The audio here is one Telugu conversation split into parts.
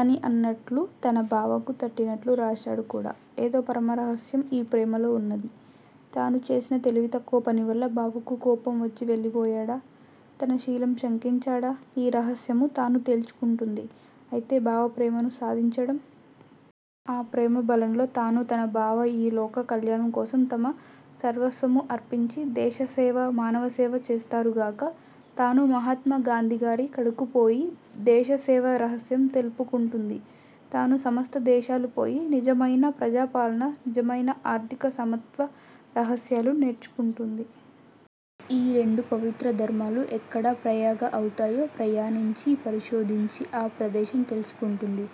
అని అన్నట్లు తన బావకు తట్టినట్లు రాశాడు కూడా! ఏదో పరమ రహస్యం ఈ ప్రేమలో ఉన్నది. తాను చేసిన తెలివి తక్కువ పనివల్ల బావకు కోపం వచ్చి వెళ్ళిపోయాడా? తన శీలం శంకించాడా? ఈ రహస్యమూ తాను తేల్చుకుంటుంది. అయితే బావ ప్రేమను సాధించడం? ఆ ప్రేమబలంలో తానూ తన బావా ఈ లోక కళ్యాణం కోసం తమ సర్వస్వమూ అర్పించి దేశసేవ, మానవ సేవ చేస్తారు గాక. తానూ మహాత్మాగాంధీగారి కడకు పోయి, దేశ సేవ రహస్యం తెలుపుకుంటుంది. తాను సమస్త దేశాలూ పోయి నిజమైన ప్రజాపాలన, నిజమైన ఆర్ధిక సమత్వ రహస్యాలు నేర్చుకుంటుంది. ఈ రెండు పవిత్ర ధర్మాలు ఎక్కడా ప్రయాగ అవుతాయో ప్రయాణించి పరిశోధించి ఆ ప్రదేశం తెలుసుకుంటుంది.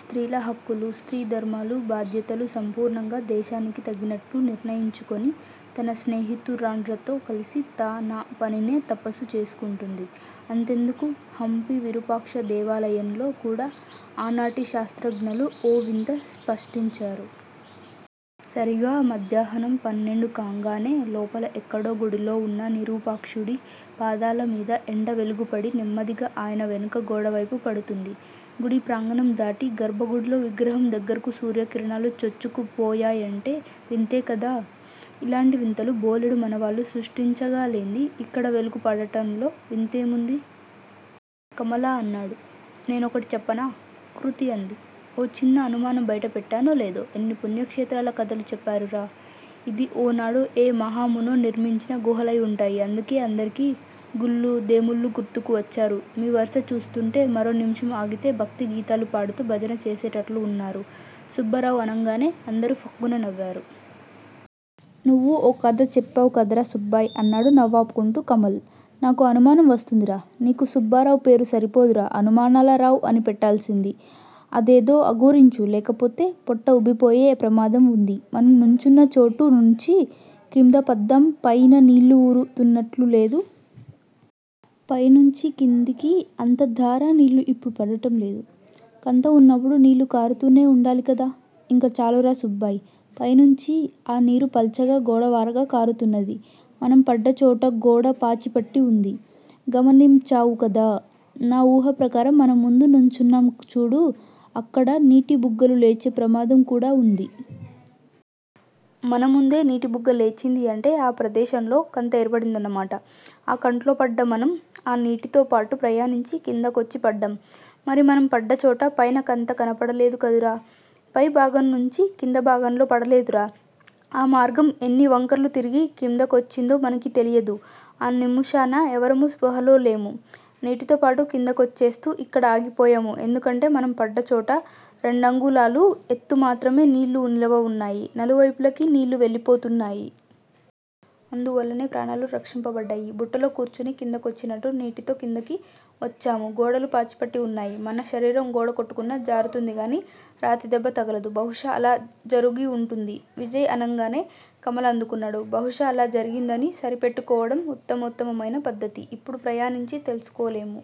స్త్రీల హక్కులూ, స్త్రీ ధర్మాలూ, బాధ్యతలూ సంపూర్ణంగా దేశానికి తగినట్లు నిర్ణయించుకొని తన స్నేహితురాండ్రతో కలిసి తా నా పనినే తపస్సు చేసుకుంటుంది. అంతెందుకు. హంపీ విరూపాక్షదేవాలయంలో కూడా ఆనాటి శాస్రజ్ఞలు ఓ వింత స్పష్టించారు. సరీగా మధ్యాహ్నం పన్నెండు కాంగానే లోపల ఎక్కడో గుడిలో వున్న నిరూపాక్షుడి పాదాలమీద ఎండ వెలుగుపడి నెమ్మదిగా అయన వెనుక గోడవైపు పడుతుంది. గుడి ప్రాగణందాటి గర్భగుడిలో విగ్రహం దగ్గరకి సూర్యకిరణాలు చొచ్చుకు పోయాయంటే వింతేకదా! ఇలాంటి వింతలు బోలెడు మన వాళ్ళు సృష్టించగాలేంది. ఇక్కడ వెలుగు పడటంలో వింతేముంది? కమల అన్నాడు. నేనొకటి చెప్పనా? కృతి అంది. ఓ చిన్న అనుమానం బైట పెట్టానో లేదో ఎన్ని పుణ్యక్షేత్రాల కధలు చెప్పారురా! ఇది ఓనాడు ఏ మహామునో నిర్మించిన గుహలాయివుంటాయి అందుకే అందరికీ గుళ్ళూ దేముళ్ళూ గుర్తుకు వచ్చారు మీ వరస చూస్తుంటే మరో నిమిషం ఆగితే భక్తీ గీతాలు పాడుతూ భజన చేసేటట్లు వున్నారు సుబ్బారావు అనంగానే అందరూ ఫక్కున నవ్వారు. నువ్వూ ఓ కధ చెప్పావు కదరా సుబ్బాయ్! అన్నాడు నవ్వాపుకుంటూ కమల్. నాకో అనుమానం వస్తుందిరా! నీకు సుబ్బారావుపేరు సరిపోదురా అనుమానాలరావ్ అని పెట్టాల్సింది. అదేదో అఘోరించు లేకపోతే పొట్ట వుబ్బిపోయే ప్రమాదం వుంది. మనం నుంచున్న చోటు నుంచి కిమ్దపద్దాం పైన నీళ్ళు వూరు తున్నట్లులేదు. పైనుంచి కిందికి అంత ధారా నీళ్ళు ఇప్పుడు పడటంలేదు. కంతవున్నప్పుడు నీళ్ళు కారుతూనే వుండాలికదా? ఇంక చాలురా సుబ్బాయ్! పైనుంచి ఆ నీరు పల్చగా గోడవారగా కారుతున్నది. మనం పడ్డచోట గోడ పాచిపట్టి వుంది. గమనిమ్చావు కదా! నా వూహా ప్రకారం మనం ముందు నుంచున్నాం చూడు అక్కడ నీటిబుగ్గలు లేచే ప్రమాదంకూడా వుంది. మనముందే నీటి బుగ్గ లేచింది అంటే ఆ ప్రదేశంలో కంత ఏర్పడిందన్నమాట. ఆ కంట్లోపడ్డ మనం ఆ నీటితోపాటు ప్రయాణించి కిందకొచ్చి పడ్డాం. మరి మనం పడ్డచోట పైన కంత కనబడలేదుకదురా! పై భాగంనుంచి కిందభాగంలో పడలేదురా! ఆ మార్గం ఎన్ని వంకర్లు తిరిగి కిమ్దకోచ్చిందో మనకి తెలియదు ఆ నిముషాన ఎవరమూ స్పృహాలోలేము నీటితోపాటు కిందకొచ్చేస్తూ ఇక్కడ ఆగిపోయాము ఎందుకంటే మనం పడ్డచోట రెండంగుళాలు ఎత్తుమాత్రమె నీళ్ళు నిలవవున్నాయి నలువైపులకి నీళ్ళు వెళ్ళిపోతున్నాయి. అందువల్లనే ప్రాణాలు రక్షింపబడ్డాయి. బుట్టలో కూర్చుని కింద కొచ్చి నట్టు నీటితో కిందికి వచ్చాము గోడలు పాచిపట్టి వున్నాయి మన శరీరం గోడకొట్టుకున్నా జారుతుందిగాని రాతిదెబ్బ తగలదు. బహుశా అలా జరుగివుంటుంది. విజయ్ అనంగానే కమల అందుకున్నాడు. బహుశా అలా జరిగిందని సరిపెట్టుకోవడం వుత్తమోత్తమమైన పద్దతి. ఇప్పుడు ప్రయాణించి తెలుసుకోలెము